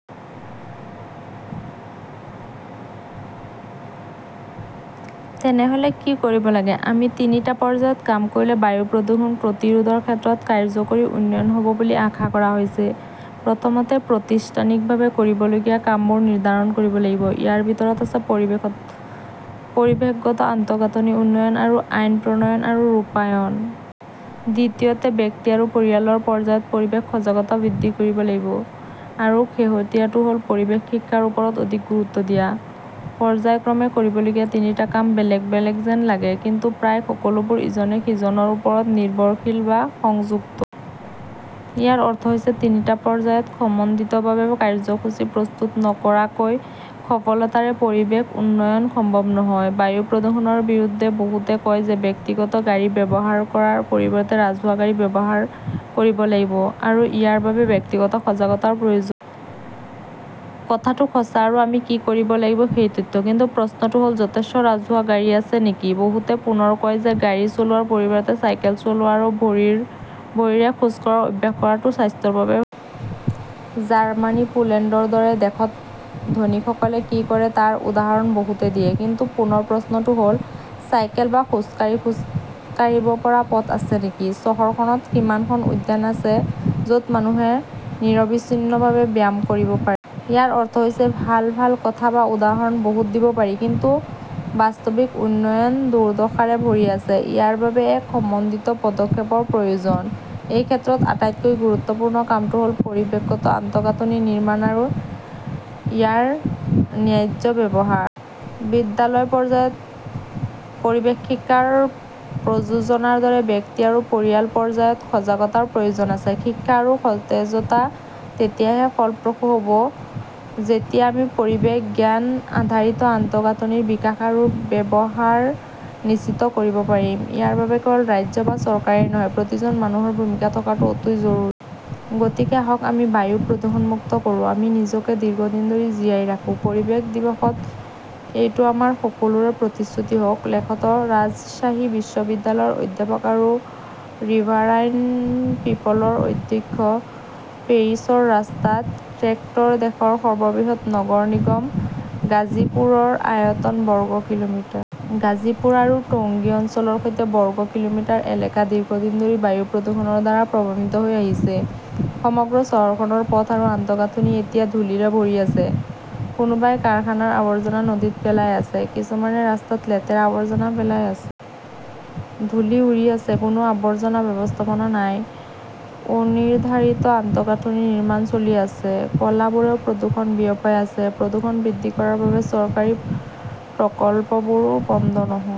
তেনেহলে কি কৰিব লাগে? আমি তিনিটা পৰ্যায়ত কাম কৰিলে বায়ু প্ৰদূষণ প্ৰতিৰোধৰ ক্ষেত্ৰত কাৰ্যকৰী উন্নয়ন হ 'ব বুলি আশা কৰা হৈছে। প্ৰথমতে, প্ৰতিষ্ঠানিকভাৱে কৰিবলগীয়া কামবোৰ নিৰ্ধাৰণ কৰিব লাগিব। ইয়াৰ ভিতৰত আছে পৰিৱেশগত আন্তঃগাঁথনি উন্নয়ন আৰু আইন প্ৰণয়ন আৰু ৰূপায়ণ। দ্বিতীয়তে, ব্যক্তি আৰু পৰিয়ালৰ পৰ্যায়ত পৰিৱেশ সজাগতা বৃদ্ধি কৰিব লাগিব। আৰু শেহতীয়াটো হ’ল, পৰিৱেশ শিক্ষাৰ ওপৰত অধিক গুৰুত্ব দিয়া। পৰ্য্যায়ক্ৰমে কৰিবলগীয়া তিনিটা কাম বেলেগ বেলেগ যেন লাগে, কিন্তু প্ৰায় সকলোবোৰ ইজনে সিজনৰ ওপৰত নিৰ্ভৰশীল বা সংযুক্ত। ইয়াৰ অৰ্থ হৈছে তিনিটা পৰ্যায়ত সমন্বিতভাৱে কাৰ্যসূচী প্ৰস্তুত নকৰাকৈ সফলতাৰে পৰিৱেশ উন্নয়ন সম্ভৱ নহয়। বায়ু প্ৰদূষণৰ বিৰুদ্ধে বহুতে কয় যে ব্যক্তিগত গাড়ী ব্যৱহাৰ কৰাৰ পৰিৱৰ্তে ৰাজহুৱা গাড়ী ব্যৱহাৰ কৰিব লাগিব, আৰু ইয়াৰ বাবে ব্যক্তিগত সজাগতাৰ প্ৰয়োজন। কথাটো সঁচা আৰু আমি কি কৰিব লাগিব সেই তথ্য। কিন্তু প্ৰশ্নটো হ’ল, যথেষ্ট ৰাজহুৱা গাড়ী আছে নেকি? বহুতে পুনৰ কয় যে গাড়ী চলোৱাৰ পৰিৱৰ্তে চাইকেল চলোৱা আৰু ভৰিৰে খোজ কাঢ়াৰ অভ্যাস কৰাটো স্বাস্থ্যৰ বাবে ভাল। জাৰ্মানী পোলেণ্ডৰ দৰে দেশত ধনীসকলে কি কৰে তাৰ উদাহৰণ বহুতে দিয়ে। কিন্তু পুনৰ প্ৰশ্নটো হ’ল, চাইকেল বা খোজকাঢ়ি খোজ কাঢ়িব পৰা পথ আছে নেকি? চহৰখনত কিমানখন উদ্যান আছে য 'ত মানুহে নিৰবিচ্ছিন্নভাৱে ব্যায়াম কৰিব পাৰে? ইয়াৰ অৰ্থ হৈছে ভাল ভাল কথা বা উদাহৰণ বহুত দিব পাৰি, কিন্তু বাস্তৱিক উন্নয়ন দুৰ্দশাৰে ভৰি আছে। ইয়াৰ বাবে এক সমন্বিত পদক্ষেপৰ প্ৰয়োজন। এই ক্ষেত্ৰত আটাইতকৈ গুৰুত্বপূৰ্ণ কামটো হ’ল পৰিৱেশগত আন্তঃগাঁথনি নিৰ্মাণ আৰু ইয়াৰ ন্যায্য ব্যৱহাৰ। বিদ্যালয় পৰ্যায়ত পৰিৱেশ শিক্ষাৰ প্ৰযোজনাৰ দৰে ব্যক্তি আৰু পৰিয়াল পৰ্যায়ত সজাগতাৰ প্ৰয়োজন আছে। শিক্ষা আৰু সতেজতা তেতিয়াহে ফলপ্ৰসূ হ’ব যেতিয়া আমি পৰিৱেশ-জ্ঞান-আধাৰিত আন্তঃগাঁথনিৰ বিকাশ আৰু ব্যৱহাৰ নিশ্চিত কৰিব পাৰিম। ইয়াৰ বাবে কেৱল ৰাজ্য বা চৰকাৰেই নহয়, প্ৰতিজন মানুহৰ ভূমিকা থকাটো অতি জৰুৰী। গতিকে আহক আমি বায়ু প্ৰদূষণমুক্ত কৰোঁ, আৰু নিজকে দীৰ্ঘদিন ধৰি জীয়াই ৰাখোঁ। পৰিৱেশ দিৱসত এইটো আমাৰ সকলোৰে প্ৰতিশ্ৰুতি হওক। লেখকঃ ৰাজশ্বাহী বিশ্ববিদ্যালয়ৰ অধ্যাপক আৰু ৰিভাৰাইন পিপলৰ অধ্যক্ষ। পেৰিছৰ ৰাস্তাত ট্ৰেক্টৰ দেশৰ সৰ্ববৃহৎ নগৰ নিগম গাজীপুৰৰ আয়তন বৰ্গ কিলোমিটাৰ। গাজীপুৰ আৰু টংগী অঞ্চলৰ সৈতে বৰ্গ কিলোমিটাৰ এলেকা দীৰ্ঘদিন ধৰি বায়ু প্ৰদূষণৰ দ্বাৰা প্ৰভাৱিত হৈ আহিছে। সমগ্ৰ চহৰখনৰ পথ আৰু আন্তঃগাঁথনি এতিয়া ধূলিৰে ভৰি আছে। কোনোবাই কাৰখানাৰ আৱৰ্জনা নদীত পেলাই আছে, কিছুমানে ৰাস্তাত লেতেৰা আৱৰ্জনা পেলাই আছে। ধূলি উৰি আছে। কোনো আৱৰ্জনা ব্যৱস্থাপনা নাই। অনিৰ্ধাৰিত আন্তঃগাঁথনি নিৰ্মাণ চলি আছে। কলাবোৰেও প্ৰদূষণ বিয়পাই আছে। প্ৰদূষণ বৃদ্ধি কৰাৰ বাবে চৰকাৰী প্ৰকল্পবোৰো বন্ধ নহয়।